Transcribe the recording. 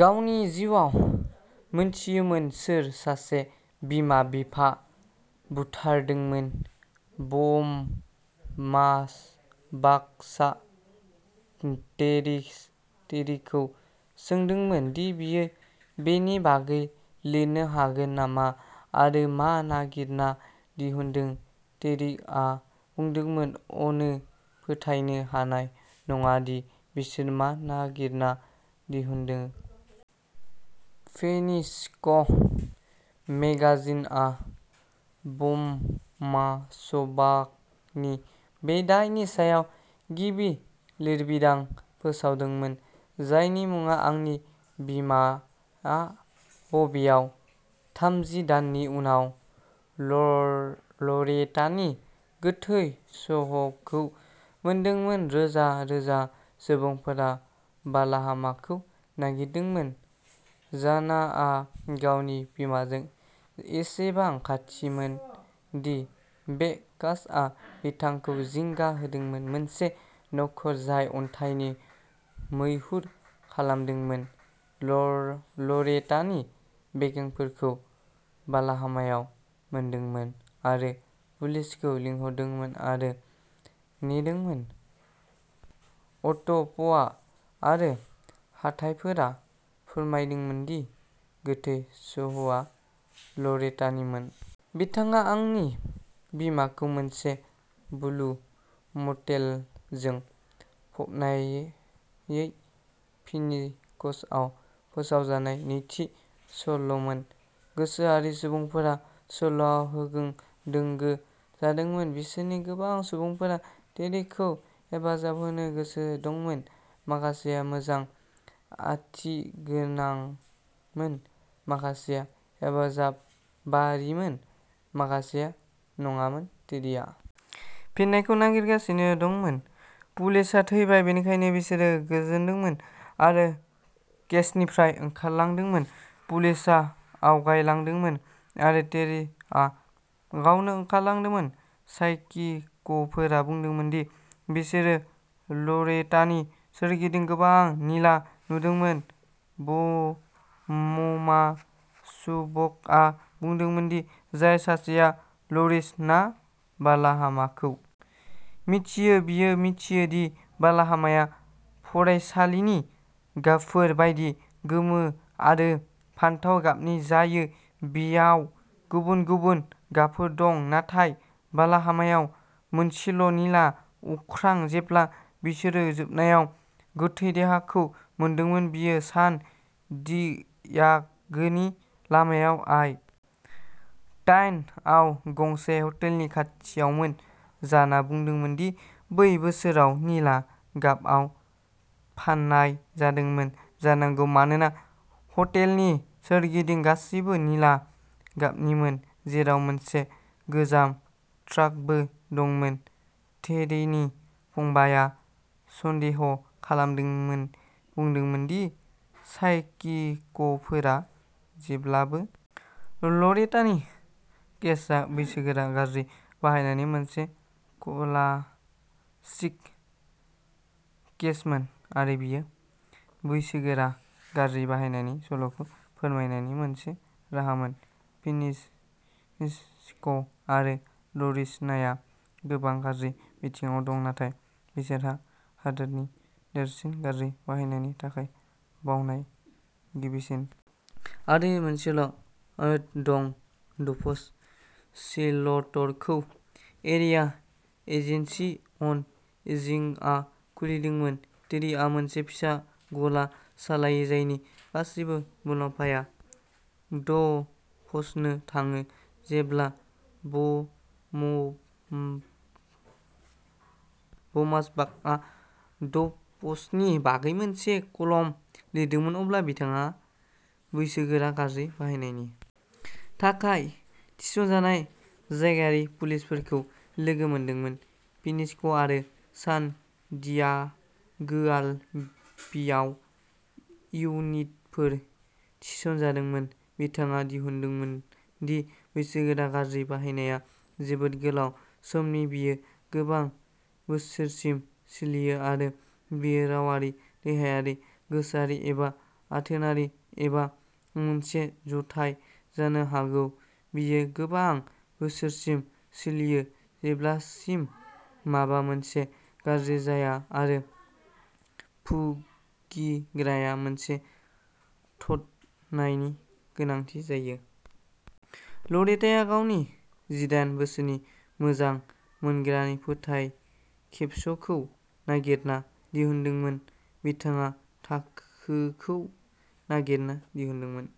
गावनि जिउआव मोनथियोमोन सोर सासे बिमा बिफा बुथारदोंमोन ब'म्मार्सबाखसा देरि टेर्रिखौ सोंदोंमोन दि बियो बेनि बागै लिरनो हागोन नामा आरो मा नागिरना दिहुनदों टेर्रिआ बुंदोंमोन अ'नों फोथायनो हानाय नङा दि बिसोर मा नागिरना दिहुनदों फिनिक्स मेगाजिनआ ब'म्मार्सबाखनि बे दायनि सायाव गिबि लिरबिदां फोसावदोंमोन जायनि मुङा आंनि बिमाआ बबेयाव थामजि दाननि उनाव लरेटानि गोथै सह'खौ मोनदोंमोन रोजा रोजा सुबुंफोरा बालाहामाखौ नागिरदोंमोन जानाआ गावनि बिमाजों एसेबां खाथिमोन दि बे केसआ बिथांखौ जिंगा होदोंमोन मोनसे नखर जाय अन्थाइनि मैहुर खालामदोंमोन लरेटानि बेगेंफोरखौ बालाहामायाव मोनदोंमोन आरो पुलिसखौ लिंहरदोंमोन आरो नेदोंमोन अट'प'मा आरो हाथाइफोरा फोरमायदोंमोन दि गोथै सह'आ लरेटानिमोन। बिथाङा आंनि बिमाखौ मोनसे ब्लु मटेलजों फबनाययै फिनिक्सआव फोसावजानाय नैथि सल'मोन गोसोआरि सुबुंफोरा सल'आव होंगो दोंगो जादोंमोन बिसोरनि गोबां सुबुंफोरा टेर्रिखौ हेफाजाब होनो गोसो दंमोन माखासेया मोजां आथिगोनांमोन माखासेया हेफाजाबारिमोन माखासेया नङामोन टेर्रिआ फिननायखौ नागिरगासिनो दंमोन पुलिसआ थैबाय बेनिखायनो बिसोरो गोजोनदोंमोन आरो केसनिफ्राय ओंखारलांदोंमोन पुलिसआ आवगायलांदोंमोन आरो टेरिआ गावनो ओंखारलांदोंमोन साइकिकफोरा बुंदोंमोन दि बिसोरो लरेटानि सोरगिदिं गोबां निला नुदोंमोन ब'म्मासुबुकआ बुंदोंमोन दि जाय सासेआ एरिज'ना बालाहामाखौ मिथियो बियो मिन्थियो दि बालाहामाया फरायसालिनि गाबफोर बायदि गोमो आरो फान्थाव गाबनि जायो बेयाव गुबुन गुबुन गाबफोर दं नाथाय बालाहामायाव मोनसेल'निला अख्रां जेब्ला बिसोरो जोबनायाव गोथै देहाखौ मोनदोंमोन बेयो सान डियागोनि लामायाव आइ दाइन आव गंसे हटेलनि खाथियावमोन जाना बुंदोंमोन दि बै बोसोराव निला गाबआव फाननाय जादोंमोन जानांगौ मानोना हटेलनि सोरगिदिं गासैबो निला गाबनिमोन जेराव मोनसे गोजाम ट्राकबो दंमोन टेर्री फंबायआ सन्देह'खालामदोंमोन बुंदोंमोन दि साइकिकफोरा जेब्लाबो लरेटानि केसआ बैसोगोरा गाज्रि बाहायनायनि मोनसे क्लासिक केसमोन आरो बेयो बैसोगोरा गाज्रि बाहायनायनि सल'खौ फोरमायनायनि मोनसे राहामोन फिनिक्स आरो लरिज'नाया गोबां गाज्रि बिथिङाव दं नाथाय बिसोरहा हादोरनि देरसिन गाज्रि बाहायनायनि थाखाय बावनाय गिबिसिन आरो मोनसेल' ओ दं ड'भ्स शेल्टरखौ एरिया एजेन्सि अन एजिंगआ खुलिदोंमोन टेरीआ मोनसे फिसा गला सालायो जायनि गासैबो मुलाम्फाया ड'भ्सनो थाङो जेब्ला बम ब'म्मार्सबाकआ ड'भ्सनि बागै मोनसे कलम लिरदोंमोन अब्ला बिथाङा बैसोगोरा गाज्रि बाहायनायनि थाखाय थिसनजानाय जायगायारि पुलिसफोरखौ लोगो मोनदोंमोन फिनिक्स आरो सान डियागोआल'बेयाव इउनिटफोर थिसनजादोंमोन बिथाङा दिहुनदोंमोन दि बैसोगोरा गाज्रि बाहायनाया जोबोद गोलाव समनि बेयो गोबां बोसोरसिम सोलियो आरो बेयो रावारि देहायारि गोसोआरि एबा आथोनारि एबा मोनसे जथाय जानो हागौ बेयो गोबां बोसोरसिम सोलियो जेब्लासिम माबा मोनसे गाज्रि जाया आरो भुगिग्राया मोनसे थाद'नायनि गोनांथि जायो। लरेटाया गावनि जिदाइन बोसोरनि मोजां मोनग्रानि फोथायखेबस'खौ नागिरना दिहुनदोंमोन बिथाङा थाखोखौ नागिरना दिहुनदोंमोन।